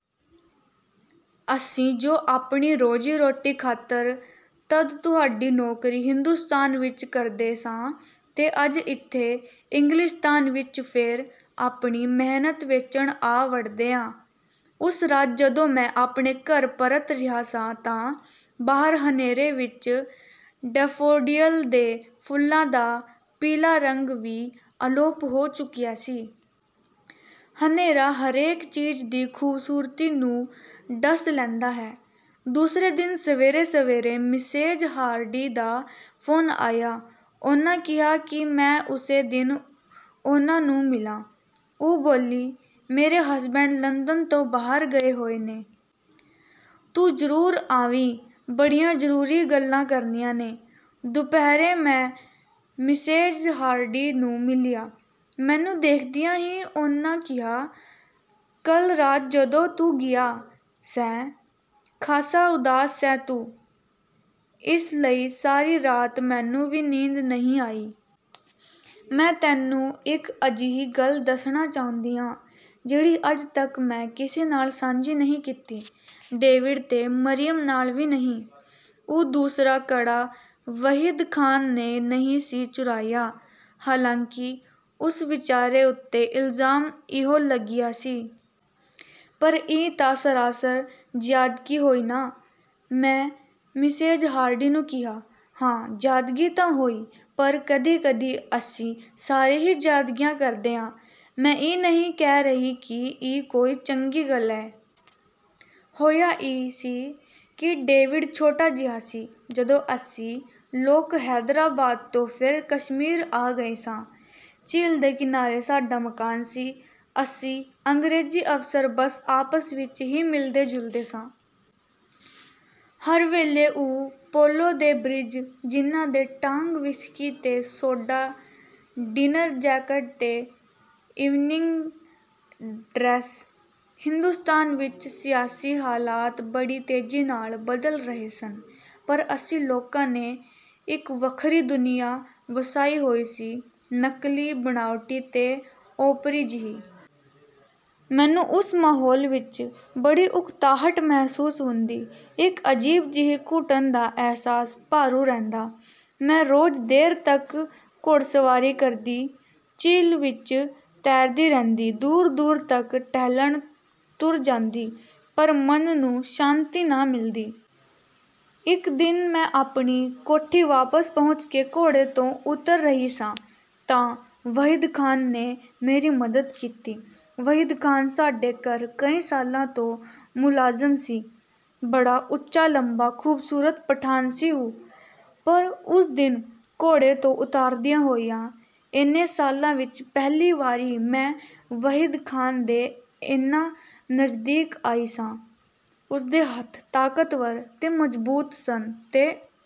ਅਸੀਂ ਜੋ ਆਪਣੀ ਰੋਜ਼ੀ-ਰੋਟੀ ਖਾਤਰ ਤਦ ਤੁਹਾਡੀ ਨੌਕਰੀ ਹਿੰਦੁਸਤਾਨ ਵਿੱਚ ਕਰਦੇ ਸਾਂ ਤੇ ਅੱਜ ਇੱਥੇ ਇੰਗਲਿਸਤਾਨ ਵਿੱਚ ਫੇਰ ਆਪਣੀ ਮਿਹਨਤ ਵੇਚਣ ਆ ਵੜਦੇ ਆਂ।" ਉਸ ਰਾਤ ਜਦੋਂ ਮੈਂ ਆਪਣੇ ਘਰ ਪਰਤ ਰਿਹਾ ਸਾਂ ਤਾਂ ਬਾਹਰ ਹਨੇਰੇ ਵਿੱਚ ਡੈਫੋਡਿਲ ਦੇ ਫੁੱਲਾਂ ਦਾ ਪੀਲਾ ਰੰਗ ਵੀ ਅਲੋਪ ਹੋ ਚੁੱਕਿਆ ਸੀ। ਹਨੇਰਾ ਹਰੇਕ ਚੀਜ਼ ਦੀ ਖ਼ੂਬਸੂਰਤੀ ਨੂੰ ਡਸ ਲੈਂਦਾ ਹੈ। --------- ਦੂਸਰੇ ਦਿਨ ਸਵੇਰੇ-ਸਵੇਰੇ ਮਿਸੇਜ਼ ਹਾਰਡੀ ਦਾ ਫ਼ੋਨ ਆਇਆ। ਉਹਨਾਂ ਕਿਹਾ ਕਿ ਮੈਂ ਉਸੇ ਦਿਨ ਉਹਨਾਂ ਨੂੰ ਮਿਲਾਂ। ਉਹ ਬੋਲੀ, "ਮੇਰੇ ਹਸਬੈਂਡ ਲੰਦਨ ਤੋਂ ਬਾਹਰ ਗਏ ਹੋਏ ਨੇ... ਤੂੰ ਜ਼ਰੂਰ ਆਵੀਂ, ਬੜੀਆਂ ਜ਼ਰੂਰੀ ਗੱਲਾਂ ਕਰਨੀਆਂ ਨੇ।" ਦੁਪਹਿਰੇ ਮੈਂ ਮਿਸੇਜ਼ ਹਾਰਡੀ ਨੂੰ ਮਿਲਿਆ। ਮੈਨੂੰ ਦੇਖਦਿਆਂ ਹੀ ਉਹਨਾਂ ਕਿਹਾ, "ਕੱਲ੍ਹ ਰਾਤ ਜਦੋਂ ਤੂੰ ਗਿਆ ਸੈਂ, ਖਾਸਾ ਉਦਾਸ ਸੈਂ ਤੂੰ—ਇਸ ਲਈ ਸਾਰੀ ਰਾਤ ਮੈਨੂੰ ਵੀ ਨੀਂਦ ਨਹੀਂ ਆਈ। ਮੈਂ ਤੈਨੂੰ ਇਕ ਅਜਿਹੀ ਗੱਲ ਦੱਸਣਾ ਚਾਹੁੰਦੀ ਆਂ ਜਿਹੜੀ ਅੱਜ ਤੱਕ ਮੈਂ ਕਿਸੇ ਨਾਲ ਸਾਂਝੀ ਨਹੀਂ ਕੀਤੀ। ਡੇਵਿਡ ਤੇ ਮਰੀਅਮ ਨਾਲ ਵੀ ਨਹੀਂ। ਉਹ ਦੂਸਰਾ ਕੜਾ ਵਹੀਦ ਖ਼ਾਨ ਨੇ ਨਹੀਂ ਸੀ ਚੁਰਾਇਆ, ਹਾਲਾਂਕਿ ਉਸ ਵਿਚਾਰੇ ਉੱਤੇ ਇਲਜ਼ਾਮ ਇਹੋ ਲੱਗਿਆ ਸੀ।" "ਪਰ ਇਹ ਤਾਂ ਸਰਾਸਰ ਜ਼ਿਆਦਤੀ ਹੋਈ ਨਾ!" ਮੈਂ ਮਿਸੇਜ਼ ਹਾਰਡੀ ਨੂੰ ਕਿਹਾ। "ਹਾਂ—ਜ਼ਿਆਦਤੀ ਤਾਂ ਹੋਈ। ਪਰ ਕਦੀ-ਕਦੀ ਅਸੀਂ ਸਾਰੇ ਹੀ ਜ਼ਿਆਦਤੀਆਂ ਕਰਦੇ ਆਂ। ਮੈਂ ਇਹ ਨਹੀਂ ਕਹਿ ਰਹੀ ਕਿ ਇਹ ਕੋਈ ਚੰਗੀ ਗੱਲ ਏ। ਹੋਇਆ ਇਹ ਸੀ ਕਿ ਡੇਵਿਡ ਛੋਟਾ ਜਿਹਾ ਸੀ, ਜਦੋਂ ਅਸੀਂ ਲੋਕ ਹੈਦਰਾਬਾਦ ਤੋਂ ਫੇਰ ਕਸ਼ਮੀਰ ਆ ਗਏ ਸਾਂ। ਝੀਲ ਦੇ ਕਿਨਾਰੇ ਸਾਡਾ ਮਕਾਨ ਸੀ। ਅਸੀਂ ਅੰਗਰੇਜ਼ ਅਫ਼ਸਰ ਬਸ ਆਪਸ ਵਿੱਚ ਹੀ ਮਿਲਦੇ-ਜੁਲਦੇ ਸਾਂ। ਹਰ ਵੇਲੇ ਉਹੀ ਪੋਲੋ ਤੇ ਬ੍ਰਿਜ, ਜਿੰਨ ਤੇ ਟਾਂਗ, ਵਿਸਕੀ ਤੇ ਸੋਢਾ, ਡਿਨਰ ਜੈਕਟ ਤੇ ਈਵਨਿੰਗ ਡਰੈੱਸ...। ਹਿੰਦੁਸਤਾਨ ਵਿੱਚ ਸਿਆਸੀ ਹਾਲਾਤ ਬੜੀ ਤੇਜ਼ੀ ਨਾਲ ਬਦਲ ਰਹੇ ਸਨ, ਪਰ ਅਸੀਂ ਲੋਕਾਂ ਨੇ ਇੱਕ ਵੱਖਰੀ ਦੁਨੀਆਂ ਵਸਾਈ ਹੋਈ ਸੀ—ਨਕਲੀ, ਬਣਾਵਟੀ ਤੇ ਓਪਰੀ ਜਿਹੀ। ਮੈਨੂੰ ਉਸ ਮਾਹੌਲ ਵਿੱਚ ਬੜੀ ਉਕਤਾਹਟ ਮਹਿਸੂਸ ਹੁੰਦੀ... ਇੱਕ ਅਜੀਬ ਜਿਹੀ ਘੁਟਨ ਦਾ ਅਹਿਸਾਸ ਭਾਰੂ ਰਹਿੰਦਾ। ਮੈਂ ਰੋਜ਼ ਦੇਰ ਤੱਕ ਘੋੜਸਵਾਰੀ ਕਰਦੀ, ਝੀਲ ਵਿੱਚ ਤੈਰਦੀ ਰਹਿੰਦੀ, ਦੂਰ-ਦੂਰ ਤੱਕ ਟਹਿਲਣ ਤੁਰ ਜਾਂਦੀ... ਪਰ ਮਨ ਨੂੰ ਸ਼ਾਂਤੀ ਨਾ ਮਿਲਦੀ। ਇੱਕ ਦਿਨ ਮੈਂ ਆਪਣੀ ਕੋਠੀ ਵਾਪਸ ਪਹੁੰਚ ਕੇ ਘੋੜੇ ਤੋਂ ਉਤਰ ਰਹੀ ਸਾਂ ਤਾਂ ਵਹੀਦ ਖ਼ਾਨ ਨੇ ਮੇਰੀ ਮਦਦ ਕੀਤੀ। ਵਹੀਦ ਖ਼ਾਨ ਸਾਡੇ ਘਰ ਕਈ ਸਾਲਾਂ ਤੋਂ ਮੁਲਾਜ਼ਮ ਸੀ। ਬੜਾ ਉੱਚਾ-ਲੰਮਾ ਖ਼ੂਬਸੂਰਤ ਪਠਾਨ ਸੀ ਉਹ—ਪਰ ਉਸ ਦਿਨ ਘੋੜੇ ਤੋਂ ਉਤਰਦਿਆਂ ਹੋਇਆਂ, ਏਨੇ ਸਾਲਾਂ ਵਿੱਚ ਪਹਿਲੀ ਵਾਰੀ ਮੈਂ ਵਹੀਦ ਖ਼ਾਨ ਦੇ ਏਨਾ ਨਜ਼ਦੀਕ ਆਈ ਸਾਂ। ਉਸਦੇ ਹੱਥ ਤਾਕਤਵਰ ਤੇ ਮਜ਼ਬੂਤ ਸਨ ਤੇ...